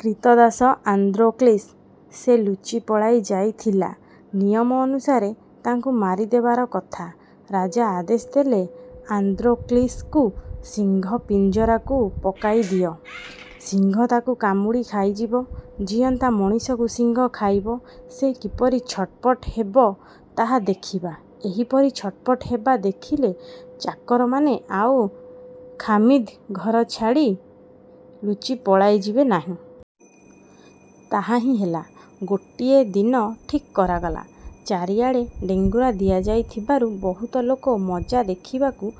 କ୍ରୀତଦାସ ଆନ୍ଦ୍ରୋକ୍ଳିସ; ସେ ଲୁଚି ପଳାଇ ଯାଇଥିଲା। ନିୟମ ଅନୁସାରେ ତାକୁ ମାରିଦେବାର କଥା। ରାଜା ଆଦେଶ ଦେଲେ, ''ଆନ୍ଦ୍ରୋକ୍ଳିସକୁ ସିଂହ ପିଞ୍ଜରାକୁ ପକାଇଦିଅ। ସିଂହ ତାକୁ କାମୁଡ଼ି ଖାଇଯିବ। ଜୀଅନ୍ତା ମଣିଷକୁ ସିଂହ ଖାଇବ, ସେ କିପରି ଛଟପଟ ହେବ-ତାହା ଦେଖିବା। ଏହିପରି ଛଟପଟ ହେବା ଦେଖିଲେ, ଚାକରମାନେ ଆଉ ଖାମିନ୍ଦ ଘର ଛାଡ଼ି ଲୁଚି ପଳାଇଯିବେ ନାହିଁ। '' ତାହା ହିଁ ହେଲା; ଗୋଟାଏ ଦିନ ଠିକ୍ କରାଗଲା। ଚାରିଆଡ଼େ ଡେଙ୍ଗୁରା ଦିଆଯାଇଥିବାରୁ ବହୁତ ଲୋକ ମଜା ଦେଖିବାକୁ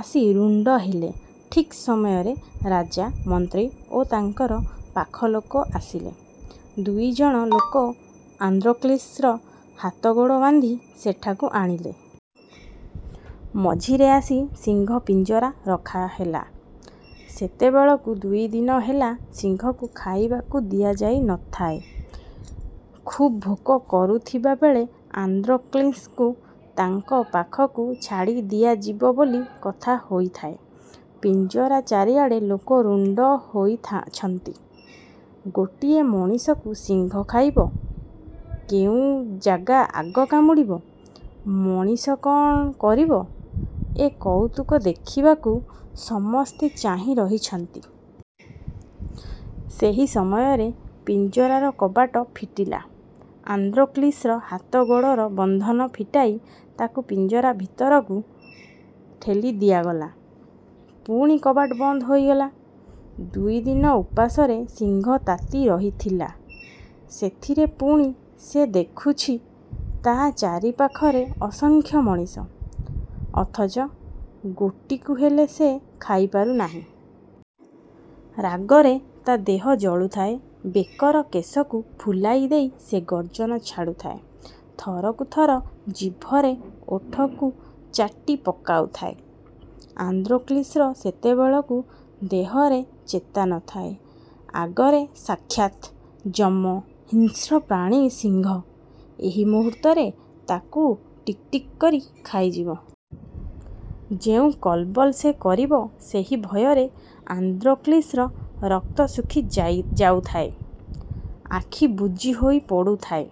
ଆସି ରୁଣ୍ଡ ହେଲେ। ଠିକ୍ ସମୟରେ ରାଜା, ମନ୍ତ୍ରୀ ଓ ତାଙ୍କର ପାଖଲୋକ ଆସିଲେ। ଦୁଇ ଜଣ ଲୋକ ଆନ୍ଦ୍ରୋକ୍ଳିସର ହାତଗୋଡ଼ ବାନ୍ଧି ସେଠାକୁ ଆଣିଲେ। ମଝିରେ ଆସି ସିଂହ ପିଞ୍ଜରା ରଖାହେଲା। ସେତେବେଳକୁ ଦୁଇ ଦିନ ହେଲା ସିଂହକୁ ଖାଇବାକୁ ଦିଆଯାଇ ନ ଥାଏ। ଖୁବ୍ ଭୋକ କରୁଥିବାବେଳେ ଆନ୍ଦ୍ରୋକ୍ଳିସ୍କୁ ତା' ପାଖକୁ ଛାଡ଼ିଦିଆଯିବ ବୋଲି କଥା ହୋଇଥାଏ। ପିଞ୍ଜରା ଚାରିଆଡ଼େ ଲୋକ ରୁଣ୍ଡ ହୋଇଛନ୍ତି। ଗୋଟାଏ ମଣିଷକୁ ସିଂହ ଖାଇବ; କେଉଁ ଜାଗା ଆଗ କାମୁଡ଼ିବ, ମଣିଷ କ'ଣ କରିବ-ଏ କଉତୁକ ଦେଖିବାକୁ ସମସ୍ତେ ଚାହିଁ ରହିଛନ୍ତି-। ସେହି ସମୟରେ ପିଞ୍ଜରାର କବାଟ ଫିଟିଲା। ଆନ୍ଦ୍ରୋକ୍ଲିସର ହାତଗୋଡ଼ର ବନ୍ଧନ ଫିଟାଇ ତାକୁ ପିଞ୍ଜରା ଭିତରକୁ ଠେଲି ଦିଆଗଲା। ପୁଣି କବାଟ ବନ୍ଦ ହୋଇଗଲା। ଦୁଇ ଦିନ ଉପାସରେ ସିଂହ ତାତି ରହିଥିଲା। ସେଥିରେ ପୁଣି ସେ ଦେଖୁଛି, ତା' ଚାରିପାଖରେ ଅସଂଖ୍ୟ ମଣିଷ; ଅଥଚ ଗୋଟିକୁ ହେଲେ ସେ ଖାଇପାରୁ ନାହିଁ। ରାଗରେ ତା' ଦେହ ଜଳୁଥାଏ। ବେକର କେଶରକୁ ଫୁଲାଇଦେଇ ସେ ଗର୍ଜନ ଛାଡ଼ୁଥାଏ। ଥରକୁ ଥର ଜିଭରେ ଓଠକୁ ଚାଟି ପକାଉଥାଏ। ଆନ୍ଦ୍ରୋକ୍ଳିସର ସେତେବେଳକୁ ଦେହରେ ଚେତା ନ ଥାଏ। ଆଗରେ ସାକ୍ଷାତ୍ ଯମ-ହିଂସ୍ର ପ୍ରାଣୀ ସିଂହ। ଏହି ମୁହୂର୍ତ୍ତରେ ତାକୁ ଟିକିଟିକି କରି ଖାଇଯିବ। ଯେଉଁ କଲବଲ ସେ କରିବ-ସେହି ଭୟରେ ଆନ୍ଦ୍ରୋକ୍ଳିସର ରକ୍ତ ଶୁଖି ଯାଉଥାଏ; ଆଖି ବୁଜିହୋଇ ପଡ଼ୁଥାଏ।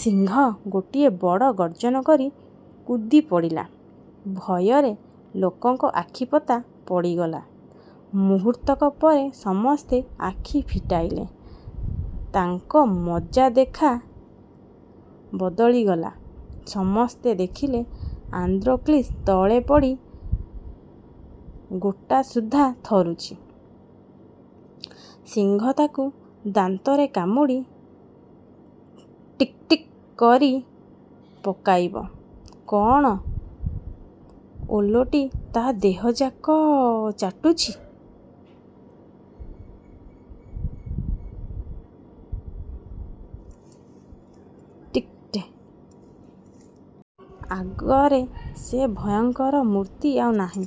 ସିଂହ ଗୋଟାଏ ବଡ଼ ଗର୍ଜନ କରି କୁଦିପଡ଼ିଲା। ଭୟରେ ଲୋକଙ୍କ ଆଖିପତା ପଡ଼ିଗଲା। ମୁହୂର୍ତ୍ତକ ପରେ ସମସ୍ତେ ଆଖି ଫିଟାଇଲେ, ତାଙ୍କ ମଜାଦେଖା ବଦଳିଗଲା। ସମସ୍ତେ ଦେଖିଲେ, ଆନ୍ଦ୍ରୋକ୍ଳିସ ତଳେ ପଡ଼ି ଗୋଟାସୁଦ୍ଧା ଥରୁଛି; ସିଂହ ତାକୁ ଦାନ୍ତରେ କାମୁଡ଼ି ଟିକ୍ଟିକ୍ କରି ପକାଇବ କଅଣ, ଓଲଟି ତା' ଦେହଯାକ ଚାଟୁଛି। ଆଗରେ ସେ ଭୟଙ୍କର ମୂର୍ତ୍ତି ଆଉ ନାହିଁ।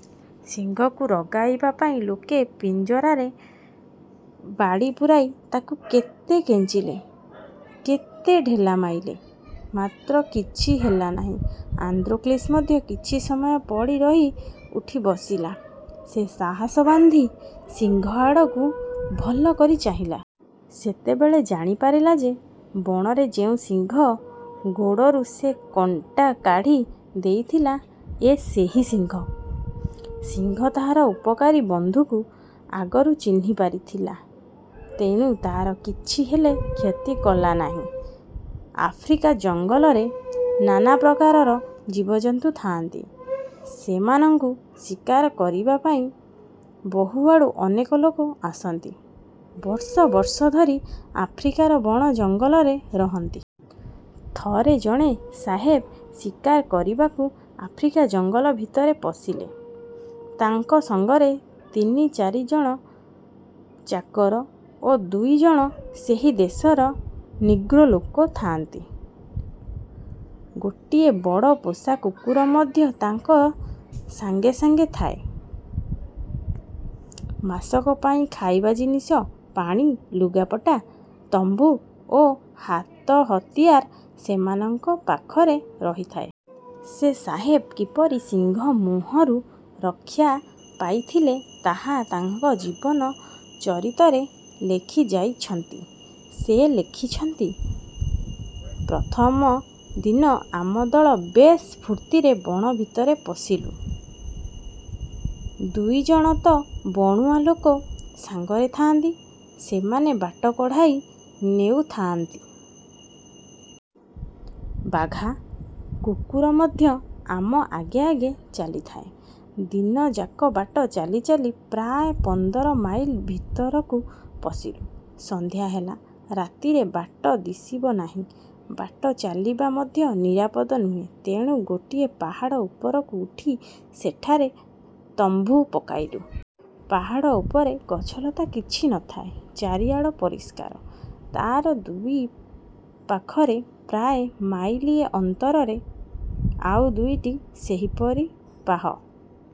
ସିଂହକୁ ରଗାଇବା ପାଇଁ ଲୋକେ ପିଞ୍ଜରାରେ ବାଡ଼ି ପୂରାଇ ତାକୁ କେତେ କେଞ୍ଚିଲେ, କେତେ ଢେଲା ମାଇଲେ; ମାତ୍ର କିଛି ହେଲା ନାହିଁ। ଆନ୍ଦ୍ରୋକ୍ଳିସ ମଧ୍ୟ କିଛି ସମୟ ପଡ଼ି ରହି ଉଠି ବସିଲା। ସେ ସାହସ ବାନ୍ଧି ସିଂହ ଆଡ଼କୁ ଭଲକରି ଚାହିଁଲା। ସେତେବେଳେ ଜାଣିପାରିଲା ଯେ, ବଣରେ ଯେଉଁ ସିଂହ ଗୋଡ଼ରୁ ସେ କଣ୍ଟା କାଢ଼ି ଦେଇଥିଲା, ଏ ସେହି ସିଂହ। ସିଂହ ତା'ର ଉପକାରୀ ବନ୍ଧୁକୁ ଆଗରୁ ଚିହ୍ନିପାରିଥିଲା; ତେଣୁ ତା'ର କିଛି ହେଲେ କ୍ଷତି କଲା ନାହିଁ। ଆଫ୍ରିକା ଜଙ୍ଗଲରେ ନାନାପ୍ରକାରର ଜୀବଜନ୍ତୁ ଥାଆନ୍ତି। ସେମାନଙ୍କୁ ଶିକାର କରିବାପାଇଁ ବହୁଆଡ଼ୁ ଅନେକଲୋକ ଆସନ୍ତି; ବର୍ଷବର୍ଷ ଧରି ଆଫ୍ରିକାର ବଣ ଜଙ୍ଗଲରେ ରହନ୍ତି। ଥରେ ଜଣେ ସାହେବ ଶିକାର କରିବାକୁ ଆଫ୍ରିକା ଜଙ୍ଗଲ ଭିତରେ ପଶିଲେ। ତାଙ୍କ ସାଙ୍ଗରେ ତିନି ଚାରି ଜଣ ଚାକର ଓ ଦୁଇ ଜଣ ସେହି ଦେଶର ନିଗ୍ରୋ ଲୋକ ଥାଆନ୍ତି। ଗୋଟାଏ ବଡ଼ ପୋଷା କୁକୁର ମଧ୍ୟ ତାଙ୍କ ସାଙ୍ଗେ ସାଙ୍ଗେ ଥାଏ। ମାସକ ପାଇଁ ଖାଇବା ଜିନିଷ, ପାଣି, ଲୁଗାପଟା, ତମ୍ବୁ ଓ ହାତହତିଆର ସେମାନଙ୍କ ପାଖରେ ରହିଥାଏ। ସେ ସାହେବ କିପରି ସିଂହ ମୁହଁରୁ ରକ୍ଷା ପାଇଥିଲେ, ତାହା ତାଙ୍କ ଜୀବନ ଚରିତରେ ଲେଖିଯାଇଛନ୍ତି। ସେ ଲେଖିଛନ୍ତି- ''ପ୍ରଥମ ଦିନ ଆମ ଦଳ ବେଶ୍ ଫୁର୍ତ୍ତିରେ ବଣ ଭିତରେ ପଶିଲୁ। ଦୁଇ ଜଣ ତ ବଣୁଆ ଲୋକ ସାଙ୍ଗରେ ଥାଆନ୍ତି; ସେମାନେ ବାଟ କଢ଼ାଇ ନେଉଥାଆନ୍ତି। 'ବାଘା' କୁକୁର ମଧ୍ୟ ଆମ ଆଗେ ଆଗେ ଚାଲିଥାଏ। ଦିନଯାକ ବାଟ ଚାଲିଚାଲି ପ୍ରାୟ ପନ୍ଦର ମାଇଲ ଭିତରକୁ ପଶିଲୁ। ସନ୍ଧ୍ୟା ହେଲା-ରାତିରେ ବାଟ ଦିଶିବ ନାହିଁ, ବାଟ ଚାଲିବା ମଧ୍ୟ ନିରାପଦ ନୁହେଁ; ତେଣୁ ଗୋଟିଏ ପାହାଡ଼ ଉପରକୁ ଉଠି ସେଠାରେ ତମ୍ବୁ ପକାଇଲୁ। ପାହାଡ଼ ଉପରେ ଗଛଲତା କିଛି ନ ଥାଏ; ଚାରିଆଡ଼ ପରିଷ୍କାର। ତା'ର ଦୁଇ ପାଖରେ ପ୍ରାୟ ମାଇଲିଏ ଅନ୍ତରରେ ଆଉ ଦୁଇଟି ସେହିପରି ପାହ।